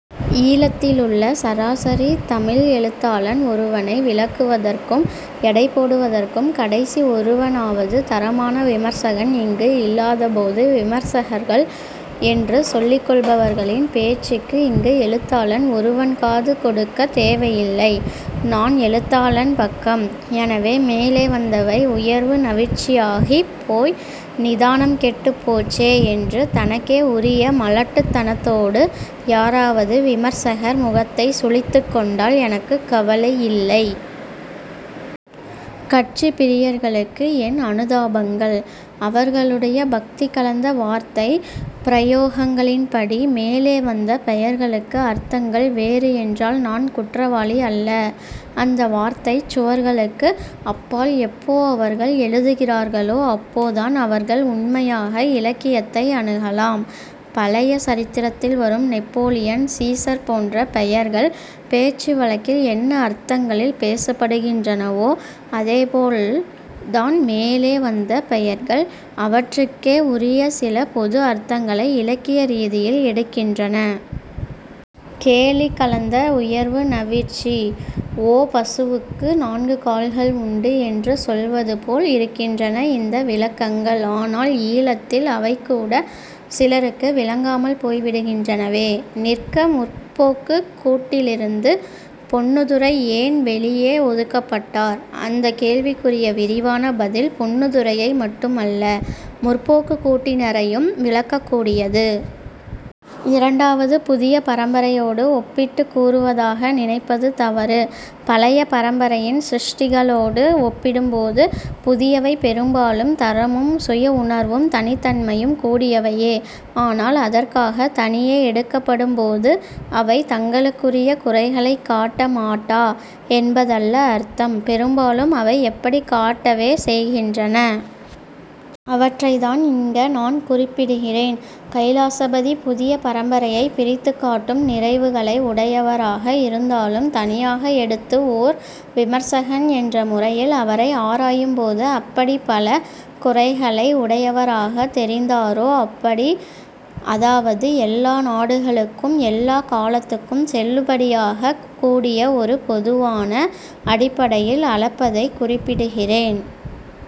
ஈழத்திலுள்ள சராசரித் தமிழ் எழுத்தாளன் ஒருவனை விளக்குவதற்கும் எடைபோடுவதற்கும் கடைசி ஒருவனாவது தரமான விமர்சகன் இங்கு இல்லாதபோது விமர்சகர்கள் என்று சொல்லிக்கொள்பவர்களின் பேச்சுக்கு இங்கு எழுத்தாளன் ஒருவன் காது கொடுக்கத் தேவையில்லை. நான் எழுத்தாளன் பக்கம். எனவே, மேலே வந்தவை உயர்வு நவிற்சியாகிப் போய் நிதானம் கெட்டுப் போச்சே என்று தனக்கே உரிய மலட்டுத்தனத்தோடு யாராவது விமர்சகர் முகத்தைச் சுளித்துக்கொண்டால் எனக்குக் கவலை இல்லை. கட்சிப் பிரியர்களுக்கு என் அனுதாபங்கள். அவர்களுடைய பக்தி கலந்த வார்த்தைப் பிரயோகங்களின்படி மேலே வந்த பெயர்களுக்கு அர்த்தங்கள் வேறு என்றால் நான் குற்றவாளி அல்ல. அந்த வார்த்தைச் சுவர்களுக்கு அப்பால் எப்போ அவர்கள் எழுதுகிறார்களோ அப்போதான் அவர்கள் உண்மையாக இலக்கியத்தை அணுகலாம். பழைய சரித்திரத்தில் வரும் நெப்போலியன், சீசர் போன்ற பெயர்கள் பேச்சுவழக்கில் என்ன அர்த்தங்களில் பேசப்படுகின்றனவோ அதேபோல் தான் மேலே வந்த பெயர்கள் அவற்றுக்கே உரிய சில பொது அர்த்தங்களை இலக்கிய ரீதியில் எடுக்கின்றன. கேலி கலந்த உயர்வு நவிற்சி. ஓ, பசுவுக்கு நான்கு கால்கள் உண்டு என்று சொல்வதுபோல் இருக்கின்றன இந்த விளக்கங்கள்.. ஆனால் ஈழத்தில் அவைகூட சிலருக்கு விளங்காமல் போய்விடுகின்றனவே. நிற்க, 'முற்போக்கு'க் கூட்டிலிருந்து பொன்னுத்துரை ஏன் வெளியே ஒதுக்கப்பட்டார்? அந்தக் கேள்விக்குரிய விரிவான பதில் பொன்னுத்துரையை மட்டுமல்ல 'முற்போக்கு'க் கூட்டினரையும் விளக்கக் கூடியது. இரண்டாவது, புதிய பரம்பரையோடு ஒப்பிட்டுக் கூறுவதாக நினைப்பது தவறு. பழைய பரம்பரையின் சிருஷ்டிகளோடு ஒப்பிடும்போது புதியவை பெரும்பாலும் தரமும் சுயஉணர்வும் தனித்தன்மையும் கூடியவையே. ஆனால் அதற்காக, தனியே எடுக்கப்படும்போது அவை தங்களுக்குரிய குறைகளைக் காட்ட மாட்டா என்பதல்ல அர்த்தம். பெரும்பாலும் அவை எப்படிக் காட்டவே செய்கின்றன. அவற்றைத்தான் இங்க நான் குறிப்பிடுகிறேன். கைலாசபதி புதிய பரம்பரையைப் பிரித்துக் காட்டும் நிறைவுகளை உடையவராக இருந்தாலும் தனியாக எடுத்து ஒர் விமர்சகன் என்ற முறையில் அவரை ஆராயும் போது அப்படிப் பல குறைகளை உடையவராகத் தெரிந்தாரோ அப்படி. அதாவது எல்லா நாடுகளுக்கும் எல்லாக் காலத்துக்கும் செல்லுபடியாகக் கூடிய ஒரு பொதுவான அடிப்படையில் அளப்பதைக் குறிப்பிடுகிறேன்.